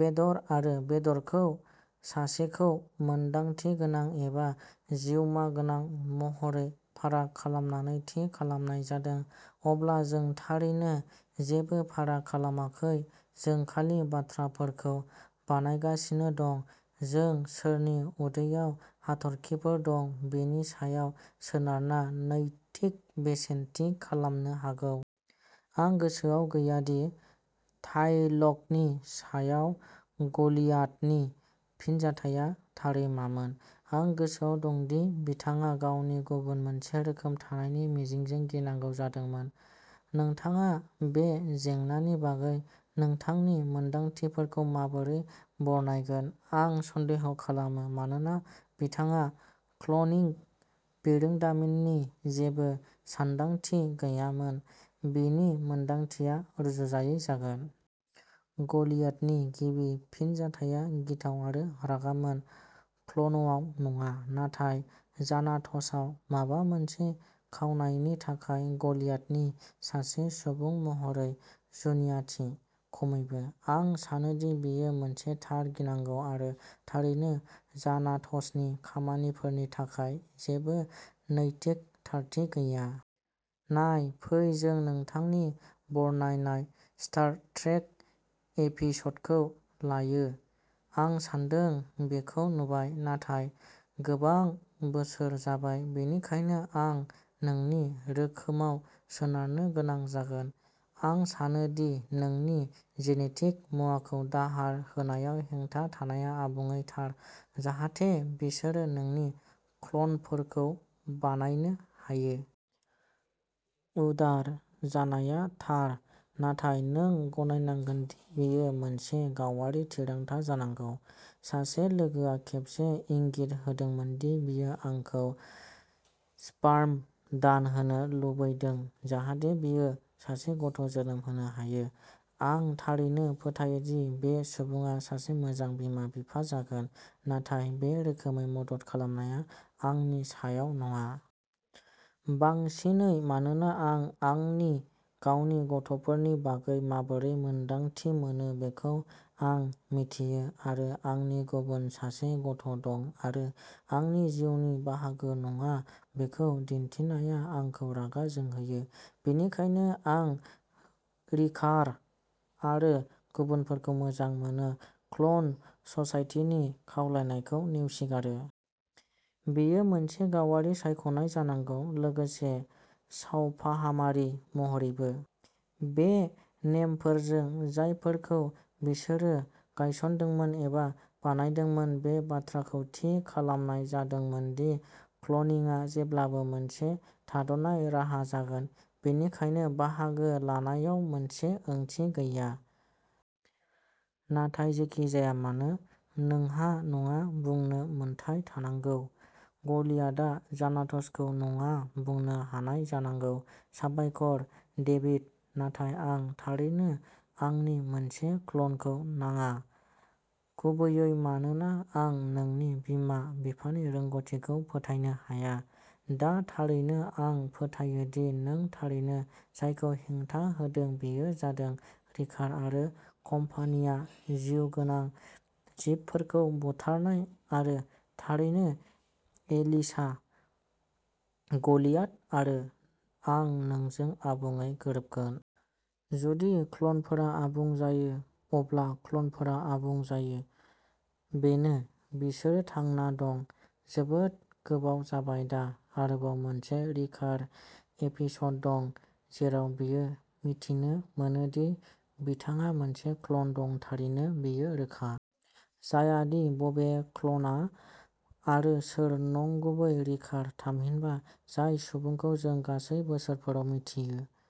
बेदर आरो बेदरखौ सासेखौ मोनदांथि गोनां एबा जिउमा गोनां महरै फाराग खालामनानै थि खालामनाय जादों, अब्ला जों थारैनो जेबो फाराग खालामाखै। जों खालि बाथ्राफोरखौ बानायगासिनो दं। जों सोरनि उदैयाव हाथरखिफोर दं बेनि सायाव सोनारना नैतिक बेसेन थि खालामनो हागौ। आं गोसोआव गैया दि थायलगनि सायाव गलियाथनि फिनजाथाया थारै मामोन। आं गोसोआव दं दि बिथाङा गावनि गुबुन मोनसे रोखोम थानायनि मिजिंजों गिनांगौ जादोंमोन। नोंथाङा बे जेंनानि बागै नोंथांनि मोनदांथिफोरखौ माबोरै बरनायगोन। आं सन्देह खालामो, मानोना बिथांहा क्लनिं बिरोंदामिननि जेबो सानदांथि गैयामोन, बिनि मोनदांथिया रुजुजायै जागोन। गलियाथनि गिबि फिनजाथाया गिथाव आरो रागामोन। क्ल'नआव नङा, नाथाय जानाट'सआव माबा मोनसे खावनायनि थाखाय गलियाथनि सासे सुबुं महरै जुनियाथि, खमैबो। आं सानोदि बेयो मोनसे थार गिनांगौ आरो थारैनो, जानाट'सनि खामानिफोरनि थाखाय जेबो नैतिक थारथि गैया। नाय, फै जों नोंथांनि बरनायनाय स्टार ट्रेक एपिसडखौ लायो। आं सानदों, बेखौ नुबाय। नाथाय गोबां बोसोर जाबाय। बेनिखायनो आं नोंनि रोखोमाव सोनारनो गोनां जागोन। आं सानो दि नोंनि जेनेटिक मुवाखौ दाहार होनायाव हेंथा थानाया आबुङै थार, जाहाथे बिसोरो नोंनि क्ल'नफोरखौ बानायनो हायो। उदार जानाया थार, नाथाय नों गनायनांगोन दि बेयो मोनसे गावारि थिरांथा जानांगौ। सासे लोगोआ खेबसे इंगित होदोंमोन दि बियो आंखौ स्पार्म दान होनो लुबैदों। जाहाथे बियो सासे गथ' जोनोम होनो हायो। आं थारैनो फोथायो दि बे सुबुङा सासे मोजां बिमा-बिफा जागोन। नाथाय बे रोखोमै मदद खालामनाया आंनि सायाव नङा। बांसिनै मानोना आं आंनि गावनि गथ'फोरनि बागै माबोरै मोन्दांथि मोनो बेखौ आं मिथियो आरो आंनि गुबुन सासे गथ' दं आरो आंनि जिउनि बाहागो नङा बेखौ मिन्थिनाया आंखौ रागा जोंहोयो। बेनिखायनो आं रिकार आरो गुबुनफोरखौ मोजां मोनो, क्ल'न ससाइटिनि खावलायनायखौ नेवसिगारो। बेयो मोनसे गावारि सायख'नाय जानांगौ। लोगोसे, सावफाहामारि महरैबो। बे नेमफोरजों, जायफोरखौ बिसोरो गायसनदोंमोन एबा बानायदोंमोन बे बाथ्राखौ थि खालामनाय जादोंमोन दि क्लनिंआ जेब्लाबो मोनसे थाद'नाय राहा जागोन। बेनिखायनो बाहागो लानायाव मोनसे ओंथि गैया। नाथाय जेखि जाया मानो, नोंहा नङा बुंनो मोन्थाइ थानांगौ। गलियाथआ जानाट'सखौ नङा बुंनो हानाय जानांगौ। साबायखर, डेभिड। नाथाय आं थारैनो आंनि मोनसे क्ल'नखौ नाङा। गुबैयै मानोना आं नोंनि बिमा-बिफानि रोंग'थिखौ फोथायनो हाया। दा थारैनो, आं फोथायो दि नों थारैनो जायखौ हेंथा होदों बेयो जादों रिकार आरो कम्पानिया जिउगोनां जिबफोरखौ बुथारनाय आरो थारैनो एलिसा, गलियाथ आरो आं नोंजों आबुङै गोरोबगोन। जुदि क्ल'नफोरा आबुं जायो, अब्ला क्ल'नफोरा आबुं जायो। बेनो, बिसोरो थांना दं। जोबोद गोबाव जाबाय दा, आरोबाव मोनसे रिकार एपिस'ड दं, जेराव बियो मिथिनो मोनो दि बिथांहा मोनसे क्ल'न दं थारैनो बेयो रोखा। जाया दि बबे क्ल'नआ आरो सोर नंगुबै रिकार, थामहिनबा जाय सुबुंखौ जों गासै बोसोरफोराव मिथियो।